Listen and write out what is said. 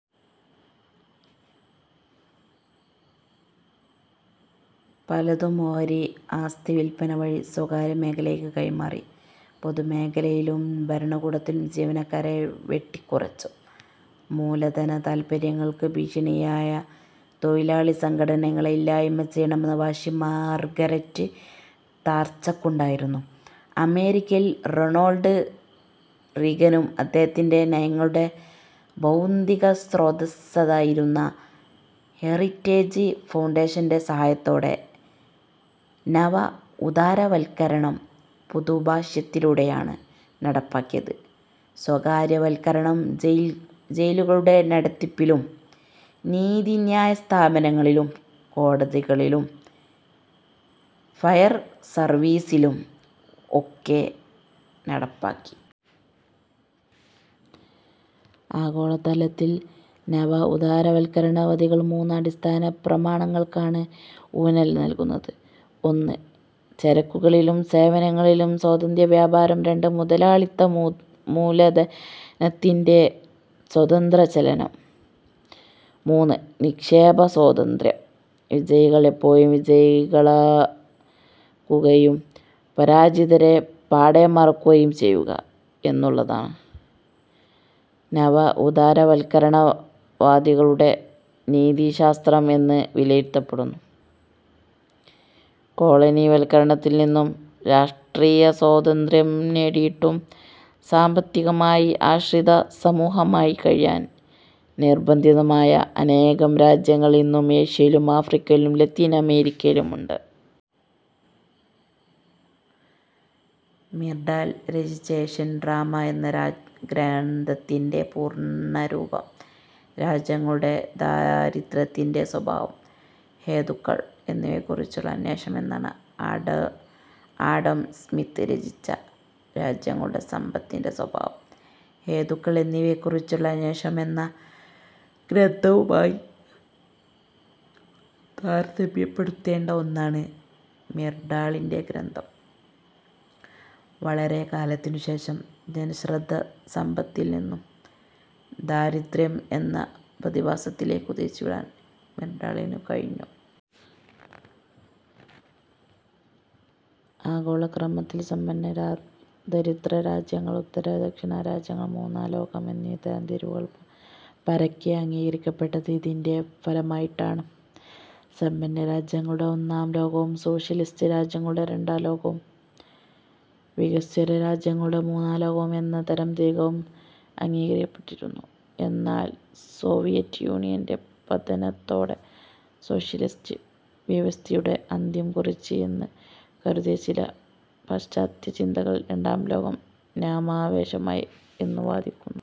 പലതും ഓഹരി ആസ്തിവില്പന വഴി സ്വകാര്യമേഖലയ്ക്ക് കൈമാറി. പൊതുമേഖലയിലും ഭരണകൂടത്തിലും ജീവനക്കാരെ വെട്ടിക്കുറച്ചു. മൂലധനതാത്പര്യങ്ങൾക്ക് ഭീഷണിയായ തൊഴിലാളി സംഘടനകളെ ഇല്ലായ്മ ചെയ്യണമെന്ന വാശി മാർഗരറ്റ് താച്ചർക്കുണ്ടായിരുന്നു. അമേരിക്കയിൽ റൊണാൾഡ് റീഗനും അദ്ദേഹത്തിന്റെ നയങ്ങളുടെ ബൗദ്ധികസ്രോതസ്സായിരുന്ന ഹെറിറ്റേജ് ഫൗണ്ടേഷന്റെ സഹായത്തോടെ നവ ഉദാരവത്കരണം പുതുഭാഷ്യത്തിലൂടെയാണ് നടപ്പാക്കിയത്. സ്വകാര്യവത്കരണം ജയിലുകളുടെ നടത്തിപ്പിലും നീതിന്യായസ്ഥാപനങ്ങളിലും കോടതികളിലും ഫയർസർവീസിലും ഒക്കെ നടപ്പാക്കി. ആഗോളതലത്തിൽ നവ ഉദാരവത്കരണവാദികൾ മൂന്ന് അടിസ്ഥാനപ്രമാണങ്ങൾക്കാണ് ഊന്നൽ നൽകുന്നത്. ഒന്ന്, ചരക്കുകളിലും സേവനങ്ങളിലും സ്വതന്ത്രവ്യാപാരം. രണ്ട്, മുതലാളിത്തമൂലധനത്തിന്റെ സ്വതന്ത്രചലനം. മൂന്ന്, നിക്ഷേപസ്വാതന്ത്ര്യം. വിജയികൾ എപ്പോഴും വിജയികളാകുകയും പരാജിതരെ പാടെ മറക്കുകയും ചെയ്യുക എന്നുള്ളതാണ് നവ ഉദാരവത്കരണവാദികളുടെ നീതിശാസ്ത്രം എന്ന് വിലയിരുത്തപ്പെടുന്നു. കോളനിവത്കരണത്തിൽനിന്നും രാഷ്ട്രീയസ്വാതന്ത്ര്യം നേടിയിട്ടും സാമ്പത്തികമായി ആശ്രിതസമൂഹമായി കഴിയാൻ നിർബന്ധിതമായ അനേകം രാജ്യങ്ങൾ ഇന്നും ഏഷ്യയിലും ആഫ്രിക്കയിലും ലത്തീൻ അമേരിക്കയിലുമുണ്ട്. മിർഡാൽ രചിച്ച ഏഷ്യൻ ഡ്രാമ എന്ന ഗ്രന്ഥത്തിന്റെ പൂർണരൂപം 'രാജ്യങ്ങളുടെ ദാരിദ്യ്രത്തിന്റെ സ്വഭാവം, ഹേതുക്കൾ എന്നിവയെക്കുറിച്ചുള്ള അന്വേഷണം' എന്നാണ്. ആഡം സ്മിത്ത് രചിച്ച 'രാജ്യങ്ങളുടെ സമ്പത്തിന്റെ സ്വഭാവം, ഹേതുക്കൾ എന്നിവയെക്കുറിച്ചുള്ള അന്വേഷണം' എന്ന ഗ്രന്ഥവുമായി താരതമ്യപ്പെടുത്തേണ്ട ഒന്നാണ് മിർഡാളിന്റെ ഗ്രന്ഥം. വളരെക്കാലത്തിനുശേഷം ജനശ്രദ്ധ സമ്പത്തിൽനിന്നും ദാരിദ്യ്രം എന്ന പ്രതിഭാസത്തിലേക്കു തിരിച്ചുവിടാൻ മിർഡാളിനു കഴിഞ്ഞു. ആഗോളക്രമത്തിൽ സമ്പന്ന-ദരിദ്രരാജ്യങ്ങൾ, ഉത്തര-ദക്ഷിണരാജ്യങ്ങൾ, മൂന്നാംലോകം എന്നീ തരംതിരിവുകൾ പരക്കെ അംഗീകരിക്കപ്പെട്ടത് ഇതിന്റെ ഫലമായിട്ടാണ്. സമ്പന്നരാജ്യങ്ങളുടെ ഒന്നാംലോകവും, സോഷ്യലിസ്റ്റ് രാജ്യങ്ങളുടെ രണ്ടാംലോകവും, വികസ്വരരാജ്യങ്ങളുടെ മൂന്നാംലോകവും എന്ന തരംതിരിവും അംഗീകരിക്കപ്പെട്ടിരുന്നു. എന്നാൽസോവിയറ്റ് യൂണിയന്റെ പതനത്തോടെ, സോഷ്യലിസ്റ്റ് വ്യവസ്ഥിതിയുടെ അന്ത്യം കുറിച്ചു എന്ന് കരുതിയ ചില പാശ്ചാത്യചിന്തകർ രണ്ടാം ലോകം നാമാവശേഷമായി എന്നു വാദിക്കുന്നുണ്ട്.